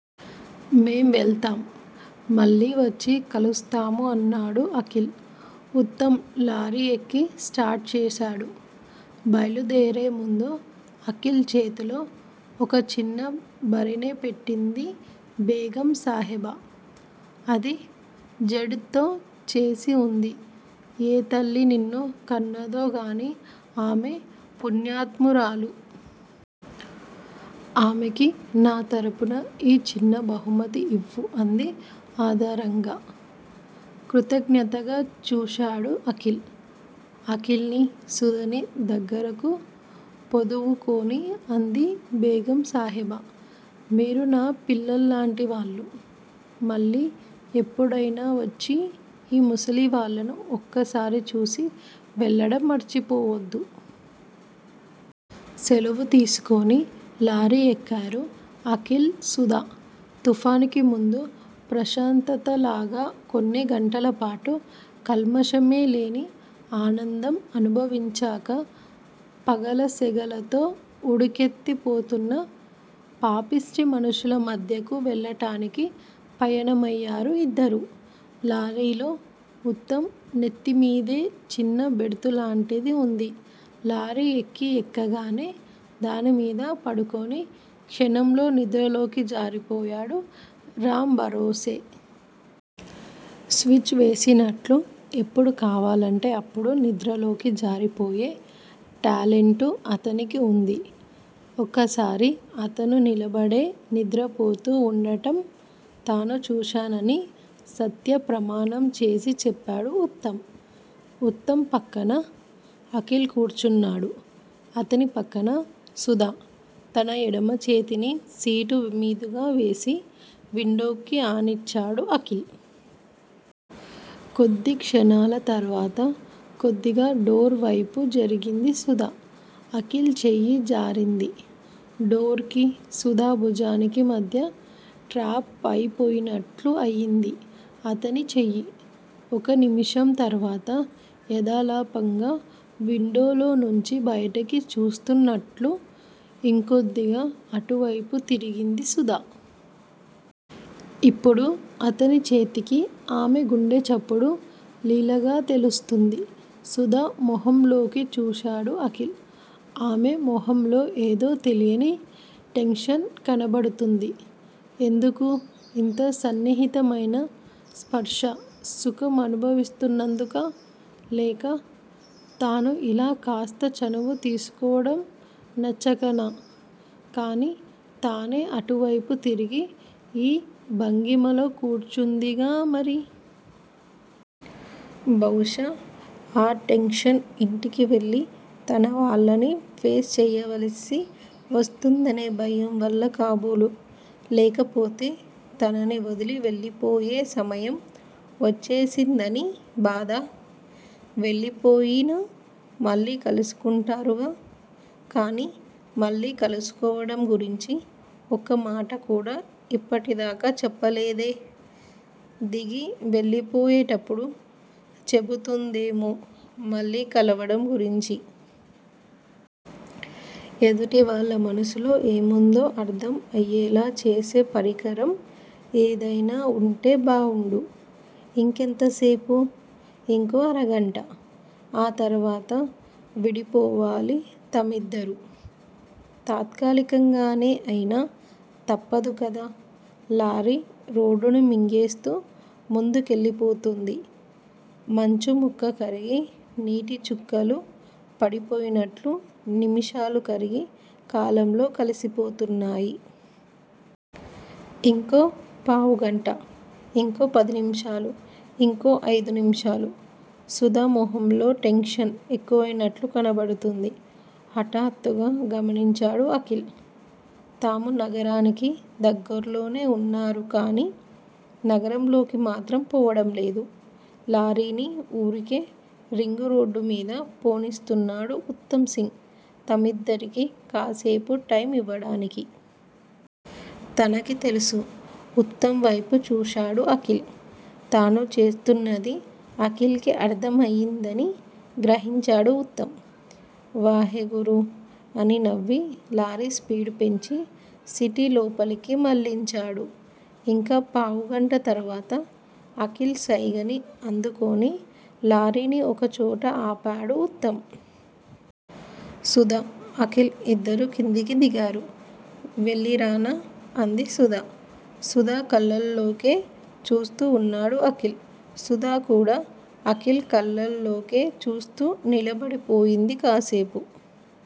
మేం వెళ్తాం. మళ్ళీ వచ్చి కలుస్తాము అన్నాడు అఖిల్. ఉత్తమ్ లారీ ఎక్కి స్టార్ట్ చేశాడు. బయలుదేరే ముందు అఖిల్ చేతిలో ఒక చిన్న భరిణె పెట్టింది బేగం సాహెబా. అది జేడ్ తో చేసి వుంది. ఏ తల్లి నిన్ను కన్నదోగానీ ఆమె పుణ్యాత్మురాలు. ఆమెకి నా తరఫున ఈ చిన్న బహుమతి ఇవ్వు అంది ఆదరంగా. కృతజ్ఞతగా చూశాడు అఖిల్. అఖిల్ ని, సుధనీ దగ్గరకు పొదువుకుని అంది బేగం సాహెబా మీరు నా పిల్లల్లాంటివాళ్ళు. మళ్ళీ ఎప్పుడైన వచ్చి ఈ ముసలి వాళ్ళను ఒక్కసారి చూసి వెళ్ళడం మర్చిపోవద్దు. సెలవు తీసుకుని లారీ ఎక్కారు అఖిల్, సుధా. తుఫాన్ కి ముందు ప్రశాంతతలాగా కొన్ని గంటలపాటు కల్మషమే లేని ఆనందం అనుభవించాక పగల సెగలతో ఉడుకెత్తి పోతున్న పాపిష్టి మనుషుల మధ్యకు వెళ్ళడానికి పయనమయ్యారు ఇద్దరూ. లారీలో ఉత్తమ్ నెత్తిమీదే చిన్న బెర్తులాంటిది ఉంది. లారీ ఎక్కీ ఎక్కగానే దానిమీద పడుకుని క్షణంలో నిద్రలోకి జారిపోయాడు రాంభరోసే. స్విచ్ వేసినట్లు ఎప్పుడు కావాలంటే అప్పుడు నిద్రలోకి జారిపోయే టాలెంటు అతనికి వుంది. ఒకసారి అతను నిలబడే నిద్రపోతూ వుండడం తాను చూశానని సత్య ప్రమాణం చేసి చెప్పాడు ఉత్తమ్. ఉత్తమ్ పక్కన అఖిల్ కూర్చున్నాడు. అతని పక్కన సుధ. తన ఎడమ చేతిని సీటు మీదుగా వేసి, విండోకి ఆనించాడు అఖిల్. కొద్ది క్షణాల తర్వాత, కొద్దిగా డోర్ వైపు జరిగింది సుధ. అఖిల్ చెయ్యి జారింది. డోర్ కి, సుధ భుజానికీ మధ్య ట్రాప్ అయిపోయినట్లు అయ్యింది అతని చెయ్యి. ఒక నిమిషం తర్వాత, యధాలాపంగా విండోలో నుంచి బయటికి చూస్తున్నట్లు ఇంకొద్దిగా అటువైపు తిరిగింది సుధ. ఇప్పుడు అతని చేతికి ఆమె గుండె చప్పుడు లీలగా తెలుస్తోంది. సుధ మొహంలోకి చూశాడు అఖిల్. ఆమె మొహంలో ఏదో తెలియని టెన్షన్ కనబడుతోంది. ఎందుకు? ఇంత సన్నిహితమైన స్పర్శా సుఖం అనుభవిస్తున్నందుకా? లేక, తాను ఇలా కాస్త చనువు తీసుకోవడం నచ్చకనా? కానీ తానే అటువైపు తిరిగి ఈ భంగిమలో కూర్చుందిగా మరి? బహుశా ఆ టెన్షన్ ఇంటికి వెళ్ళి తన వాళ్ళని ఫేస్ చెయ్యవలసి వస్తుందనే భయంవల్ల కాబోలు. లేకపోతే, తనని వదిలి వెళ్ళిపోయే సమయం వచ్చేసిందని బాధా? వెళ్ళిపోయినా మళ్ళీ కలుసుకుంటారుగా! కానీ, మళ్ళీ కలుసుకోవడం గురించి ఒక్క మాట కూడా ఇప్పటిదాకా చెప్పలేదే! దిగి వెళ్ళిపోయేటప్పుడు చెబుతుందేమో మళ్ళీ కలవడం గురించి. ఎదుటివాళ్ళ మనసులో ఏముందో అర్ధం అయ్యేలా చేసే పరికరం ఏదైన వుంటే బావుండు. ఇంకెంతసేపు! ఇంకో అరగంట! ఆ తర్వాత విడిపోవాలి తమిద్దరూ. తాత్కాలికంగానే అయినా, తప్పదు కదా! లారీ రోడ్డుని మింగేస్తూ ముందుకెళ్ళిపోతోంది. మంచుముక్క కరిగి నీటిచుక్కలు పడిపోయినట్లు, నిమిషాలు కరిగి కాలంలో కలిసిపోతున్నాయి. ఇంకో పావుగంట. ఇంకో పది నిమిషాలు. ఇంకో అయిదు నిమిషాలు. సుధ మొహంలో టెన్షన్ ఎక్కువయినట్లు కనబడుతోంది. హఠాత్తుగా గమనించాడు అఖిల్. తాము నగరానికి దగ్గరలోనే వున్నారు గానీ నగరంలోకి మాత్రం పోవడం లేదు. లారీని ఊరికే రింగురోడ్డు మీద పోనిస్తున్నాడు ఉత్తమ్ సింగ్. తమిద్దరికీ కాసేపు టైం ఇవ్వడానికే. తనకి తెలుసు. ఉత్తమ్ వైపు చూశాడు అఖిల్. తను చేస్తున్నది అఖిల్ కి అర్ధం అయ్యిందని గ్రహించాడు ఉత్తమ్. వాహె గురూ! అని నవ్వి లారీ స్పీడు పెంచి, సిటీ లోపలికి మళ్ళించాడు. ఇంక పావుగంట తర్వాత అఖిల్ సైగని అందుకుని, లారీని ఒక చోట ఆపాడు ఉత్తమ్. సుధా, అఖిల్ ఇద్దరూ కిందికి దిగారు. వెళ్ళిరానా? అంది సుధ. సుధ కళ్ళలోకే చూస్తూ వున్నాడు అఖిల్. సుధ కూడా అఖిల్ కళ్ళలోకే చూస్తూ నిలబడిపోయింది కాసేపు.